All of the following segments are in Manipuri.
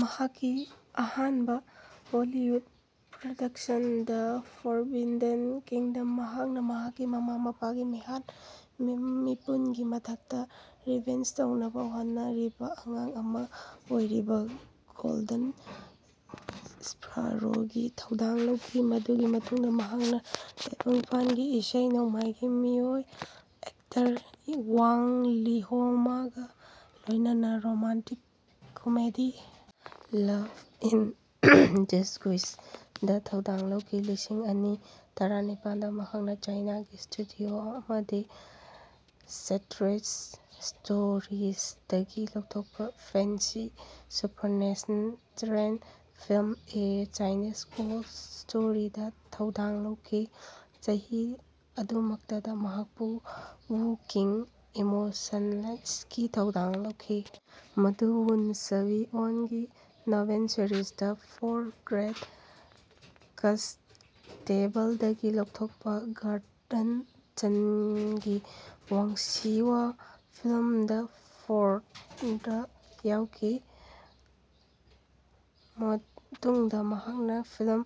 ꯃꯍꯥꯛꯀꯤ ꯑꯍꯥꯟꯕ Hollywood production, the forbidden kingdom. ꯃꯍꯥꯛꯅ ꯃꯍꯥꯛꯀꯤ ꯃꯃꯥ-ꯃꯄꯥꯒꯤ ꯃꯤꯍꯥꯠ-ꯃꯤꯄꯨꯟꯒꯤ ꯃꯊꯛꯇꯥ ꯔꯤꯚꯦꯟꯖ ꯇꯧꯅꯕ ꯍꯣꯠꯅꯔꯤꯕ ꯑꯉꯥꯡ ꯑꯃ ꯑꯣꯏꯔꯤꯕ ꯒꯣꯜꯗꯟ ꯁ꯭ꯄꯥꯔꯣꯒꯤ ꯊꯧꯗꯥꯡ ꯂꯧꯈꯤ꯫ ꯃꯗꯨꯒꯤ ꯃꯇꯨꯡꯗꯥ ꯃꯍꯥꯛꯅ ꯇꯥꯏꯕꯪꯄꯥꯟꯒꯤ ꯏꯁꯩ ꯅꯣꯡꯃꯥꯏꯒꯤ ꯃꯤꯑꯣꯏ-ꯑꯦꯛꯇꯔ ꯋꯥꯡ ꯂꯤꯍꯣꯃꯒꯥ ꯂꯣꯏꯅꯅ ꯔꯣꯃꯥꯟꯇꯤꯛ-ꯀꯃꯦꯗꯤ ꯂꯚ ꯏꯟ ꯗꯤꯁꯒꯨꯏꯁ ꯗꯥ ꯊꯧꯗꯥꯡ ꯂꯧꯈꯤ꯫ꯂꯤꯁꯤꯡ ꯑꯅꯤ ꯇꯔꯥꯃꯥꯄꯜꯗꯥ ꯃꯍꯥꯛꯅ ꯆꯥꯏꯅꯥꯒꯤ ꯁ꯭ꯇꯨꯗꯤꯑꯣ ꯑꯃꯗꯒꯤ ꯁ꯭ꯠꯔꯦꯟꯖ ꯁ꯭ꯇꯣꯔꯤꯖꯗꯒꯤ ꯂꯧꯊꯣꯛꯄ fantasy supernatural film a Chinese ghost ꯁ꯭ꯇꯣꯔꯤꯗꯥ ꯊꯧꯗꯥꯡ ꯂꯧꯈꯤ꯫ ꯆꯍꯤ ꯑꯗꯨꯃꯛꯇꯗꯥ ꯃꯍꯥꯛꯄꯨ ꯋꯨ ꯀꯤꯡ (ꯏꯃꯣꯁꯟꯂꯦꯁ) ꯒꯤ ꯊꯧꯗꯥꯡ ꯂꯧꯈꯤ, ꯃꯗꯨ ꯋꯨꯟ ꯁꯕꯤ ꯑꯣꯟꯒꯤ novel series the four great ꯀꯟꯁꯇꯦꯕꯜꯗꯒꯤ ꯂꯧꯊꯣꯛꯄꯥ ꯒꯔꯗꯟ ꯆꯟꯒꯤ ꯋꯨꯛꯁꯤꯌꯥ ꯐꯤꯜꯝ ꯗ ꯐꯣꯔꯗꯥ ꯌꯥꯎꯈꯤ꯫ ꯃꯇꯨꯡꯗꯥ ꯃꯍꯥꯛꯅ ꯐꯤꯜꯝ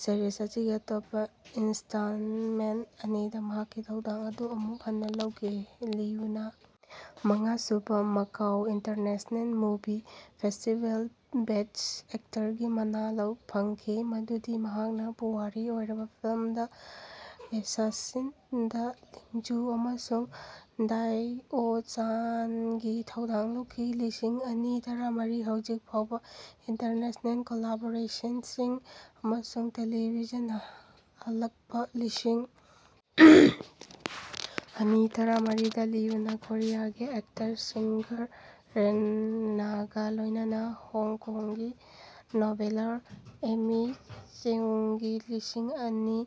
ꯁꯤꯔꯤꯖ ꯑꯁꯤꯒꯤ ꯑꯇꯣꯞꯄ ꯏꯟ꯭ꯁꯇꯥꯜꯃꯦꯟꯠ ꯑꯅꯤꯗꯥ ꯃꯍꯥꯛꯀꯤ ꯊꯧꯗꯥꯡ ꯑꯗꯨ ꯑꯃꯨꯛ ꯍꯟꯅ ꯂꯧꯈꯤ꯫ ꯂꯤꯌꯨꯅ ꯃꯉꯥꯁꯨꯕ ꯃꯥꯀꯥꯎ ꯏꯟꯇꯔꯅꯦꯁ꯭ꯅꯦꯜ ꯃꯨꯚꯤ ꯐꯦꯁ꯭ꯇꯤꯕꯦꯜꯗꯥ ꯕꯦꯁ꯭ꯠ ꯑꯦꯛꯇꯔꯒꯤ ꯃꯅꯥ ꯐꯪꯈꯤ ꯃꯗꯨꯗꯤ ꯃꯍꯥꯛꯅ ꯄꯨꯋꯥꯔꯤ ꯑꯣꯏꯔꯕ ꯐꯤꯜꯝ ꯗ ꯑꯦꯁꯥꯁꯤꯟꯁ ꯗꯥ ꯂꯤꯡꯖꯨ ꯑꯃꯁꯨꯡ ꯗꯥꯏꯑꯣꯆꯥꯅꯒꯤ ꯊꯧꯗꯥꯡ ꯂꯧꯈꯤ꯫ ꯂꯤꯁꯤꯡ ꯑꯅꯤ ꯇꯔꯥꯃꯔꯤ ꯍꯧꯖꯤꯛ ꯐꯥꯎꯕ ꯏꯟꯇꯔꯅꯦꯁ꯭ꯅꯦꯜ ꯀꯣꯂꯥꯕꯣꯔꯦꯁꯟꯁꯤꯡ ꯑꯃꯁꯨꯡ ꯇꯦꯂꯤꯚꯤꯖꯟ ꯍꯟꯂꯛꯄ ꯂꯤꯁꯤꯡ ꯑꯅꯤ ꯇꯔꯥꯃꯔꯤꯗꯥ ꯂꯤꯌꯨꯅ ꯀꯣꯔꯤꯌꯥꯒꯤ ꯑꯦꯛꯇꯔ-ꯁꯤꯉ꯭ꯒꯔ ꯔꯦꯅꯒꯥ ꯂꯣꯏꯅꯅ ꯍꯣꯡꯀꯣꯡꯒꯤ ꯅꯣꯚꯦꯂꯔ ꯑꯦꯃꯤ ꯆꯦꯎꯪꯒꯤ ꯂꯤꯁꯤꯡ ꯑꯅꯤ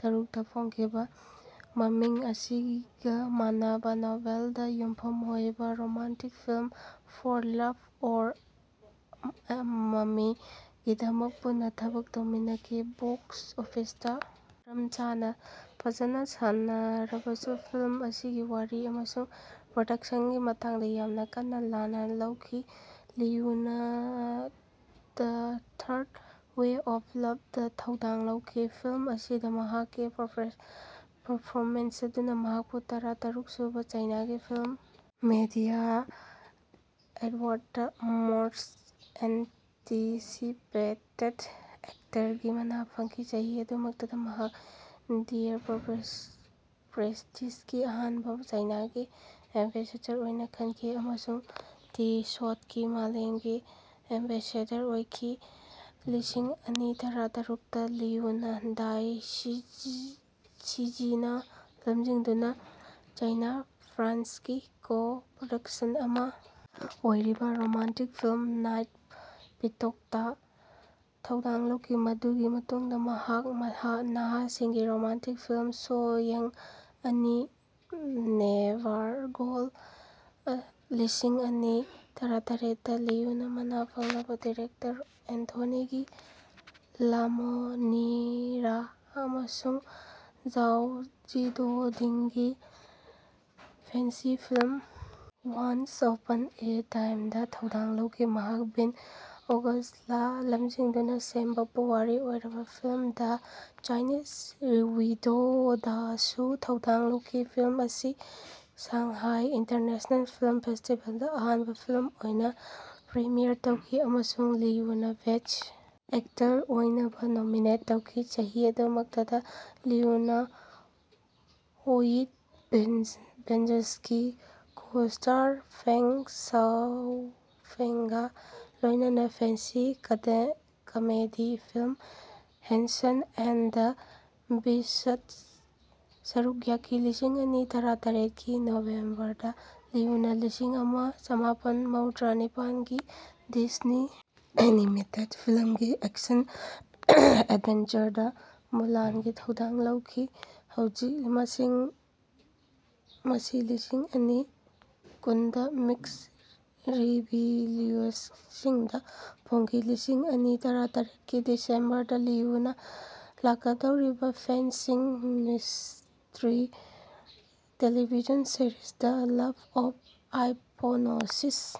ꯇꯔꯨꯛꯇꯥ ꯐꯣꯡꯈꯤꯕꯥ ꯃꯃꯤꯡ ꯑꯁꯤꯒꯥ ꯃꯥꯟꯅꯕ ꯅꯣꯚꯦꯜꯗꯥ ꯌꯨꯝꯐꯝ ꯑꯣꯏꯕ romantic film for love or money ꯒꯤꯗꯃꯛ ꯄꯨꯟꯅ ꯊꯕꯛ ꯇꯧꯃꯤꯟꯅꯈꯤ꯫ ꯕꯣꯛꯁ ꯑꯣꯐꯤꯁꯇꯥ ꯃꯔꯝ ꯆꯥꯅꯥ ꯐꯖꯅ ꯁꯥꯟꯅꯔꯕꯁꯨ ꯐꯤꯜꯝ ꯑꯁꯤꯒꯤ ꯋꯥꯔꯤ ꯑꯃꯁꯨꯡ ꯄ꯭ꯔꯣꯗꯛꯁꯟꯒꯤ ꯃꯇꯥꯡꯗꯥ ꯌꯥꯝꯅ ꯀꯟꯅ ꯂꯥꯟꯅ ꯂꯧꯈꯤ꯫ ꯂꯤꯌꯨꯅꯥ the third wave of love ꯗꯥ ꯊꯧꯗꯥꯡ ꯂꯧꯈꯤ꯫ ꯐꯤꯜꯝ ꯑꯁꯤꯗꯥ ꯃꯍꯥꯛꯀꯤ ꯄꯔꯐꯣꯃꯦꯟꯁ ꯑꯗꯨꯅꯥ ꯃꯍꯥꯛꯄꯨ ꯇꯔꯥꯇꯔꯨꯛ ꯁꯨꯕꯥ ꯆꯥꯏꯅꯥꯒꯤ ꯐꯤꯜꯝ ꯃꯤꯗꯤꯌꯥ ꯑꯦꯋꯥꯔꯗꯇꯥ ꯃꯣꯁ꯭ꯠ ꯑꯦꯟꯇꯤꯁꯤꯄꯦꯇꯦꯗ ꯑꯦꯛꯇꯔꯒꯤ ꯃꯅꯥ ꯐꯪꯈꯤ꯫ ꯆꯍꯤ ꯑꯗꯨꯃꯛꯇꯗꯥ ꯃꯍꯥꯛ ꯗꯤꯌꯔ ꯄ꯭ꯔꯦꯁ꯭ꯇꯤꯖꯒꯤ ꯑꯍꯥꯟꯕ ꯆꯥꯏꯅꯥꯒꯤ ꯑꯦꯝꯕꯦꯁꯦꯗꯔ ꯑꯣꯏꯅꯥ ꯈꯟꯈꯤ ꯑꯃꯁꯨꯡ ꯇꯤꯁꯣꯠꯀꯤ ꯃꯥꯂꯦꯝꯒꯤ ꯑꯦꯝꯕꯦꯁꯦꯗꯔ ꯑꯣꯏꯈꯤ꯫ ꯂꯤꯁꯤꯡ ꯑꯅꯤ ꯇꯔꯥꯇꯔꯨꯛꯇꯥ ꯂꯤꯌꯨꯅꯥ ꯗꯥꯏ ꯁꯤꯖꯤꯅꯥ ꯂꯝꯖꯤꯡꯗꯨꯅꯥ ꯆꯥꯏꯅꯥ -ꯐ꯭ꯔꯥꯟꯁꯀꯤ ꯀꯣ-ꯄ꯭ꯔꯗꯛꯁꯟ ꯑꯃꯥ ꯑꯣꯏꯔꯤꯕ ꯔꯣꯃꯥꯟꯇꯤꯛ ꯐꯤꯂꯝ ꯅꯥꯏꯠ ꯄꯤꯀꯣꯛꯇꯥ ꯊꯧꯗꯥꯡ ꯂꯧꯈꯤ꯫ ꯃꯗꯨꯒꯤ ꯃꯇꯨꯡꯗꯥ ꯃꯍꯥꯛ ꯅꯍꯥꯁꯤꯡꯒꯤ ꯔꯣꯃꯥꯟꯇꯤꯛ ꯐꯤꯜꯝ ꯁꯣ ꯌꯪ ꯑꯅꯤ: ꯅꯦꯚꯥꯔ ꯒꯣꯟ꯫ ꯂꯤꯁꯤꯡ ꯑꯅꯤ ꯇꯔꯥꯇꯔꯦꯠꯇꯥ ꯂꯤꯌꯨꯅꯥ ꯃꯅꯥ ꯐꯪꯂꯕ ꯗꯤꯔꯦꯛꯇꯔ ꯑꯦꯟꯊꯣꯅꯤ ꯂꯥꯃꯣꯂꯤꯅꯥꯔꯥ ꯑꯃꯁꯨꯡ ꯓꯥꯑꯣ ꯖꯤꯑꯣꯗꯤꯡꯒꯤ romantic fantasy film once upon a ꯇꯥꯏꯝꯗꯥ ꯊꯧꯗꯥꯡ ꯂꯧꯈꯤ꯫ ꯃꯍꯥꯛꯅ ꯕꯤꯜ ꯑꯣꯒꯁ꯭ꯇꯅꯥ ꯂꯝꯖꯤꯡꯗꯨꯅꯥ ꯁꯦꯝꯕꯥ ꯄꯨꯋꯥꯔꯤ ꯑꯣꯏꯔꯕ ꯐꯤꯜꯝ ꯗ ꯆꯥꯏꯅꯤꯖ ꯋꯤꯗꯣꯗꯥꯁꯨ ꯊꯧꯗꯥꯡ ꯂꯧꯈꯤ꯫ ꯐꯤꯜꯝ ꯑꯁꯤ ꯁꯥꯡꯍꯥꯏ ꯏꯟꯇꯔꯅꯦꯁ꯭ꯅꯦꯜ ꯐꯤꯜꯝ ꯐꯦꯁ꯭ꯇꯤꯕꯦꯜꯗꯥ ꯑꯍꯥꯟꯕ ꯐꯤꯜꯝ ꯑꯣꯏꯅꯥ ꯄ꯭ꯔꯤꯃꯤꯌꯔ ꯇꯧꯈꯤ, ꯑꯃꯁꯨꯡ ꯂꯤꯌꯨꯅꯥ ꯕꯦꯁ꯭ꯠ ꯑꯦꯛꯇꯔ ꯑꯣꯏꯅꯥ ꯅꯣꯃꯤꯅꯦꯠ ꯇꯧꯈꯤ꯫ ꯆꯍꯤ ꯑꯗꯨꯃꯛꯇꯗꯥ ꯂꯤꯌꯨꯅꯥ ꯍꯣꯌꯤꯠ ꯚꯦꯟꯖꯦꯟꯁꯀꯤ ꯀꯣ-ꯁ꯭ꯇꯥꯔ ꯐꯦꯡ ꯁꯥꯑꯣꯐꯦꯡꯒꯥ ꯂꯣꯏꯅꯅꯥ fantasy comedy film Hanson and the ꯕꯤꯁ꯭ꯠꯗ ꯁꯔꯨꯛ ꯌꯥꯈꯤ꯫ ꯂꯤꯁꯤꯡ ꯑꯅꯤ ꯇꯔꯥꯇꯔꯦꯠꯀꯤ ꯅꯣꯚꯦꯝꯕꯔꯗꯥ ꯂꯤꯌꯨꯅꯥ ꯂꯤꯁꯤꯡ ꯑꯃ ꯆꯥꯃꯥꯄꯜ ꯃꯧꯗꯔꯥ ꯅꯤꯄꯥꯟꯒꯤ ꯗꯤꯖꯅꯤ ꯑꯦꯅꯤꯃꯦꯇꯦꯗ ꯐꯤꯂꯝꯒꯤ ꯑꯦꯛꯁꯟ ꯑꯦꯗꯕꯦꯟꯆꯔꯗꯥ ꯃꯨꯂꯥꯟꯒꯤ ꯊꯧꯗꯥꯡ ꯂꯧꯈꯤ, ꯃꯁꯤ ꯂꯤꯁꯤꯡ ꯑꯅꯤ ꯀꯨꯟꯗꯥ ꯃꯤꯛꯁ ꯔꯤꯚꯤꯌꯨꯁꯤꯡꯗꯥ ꯐꯣꯡꯈꯤ꯫ ꯂꯤꯁꯤꯡ ꯑꯅꯤ ꯇꯔꯥꯇꯔꯦꯠꯀꯤ ꯗꯤꯁꯦꯝꯕꯔꯗꯥ ꯂꯤꯌꯨꯅꯥ ꯂꯥꯛꯀꯗꯧꯔꯤꯕꯥ fantasy mystery television series, the love of hypnosis.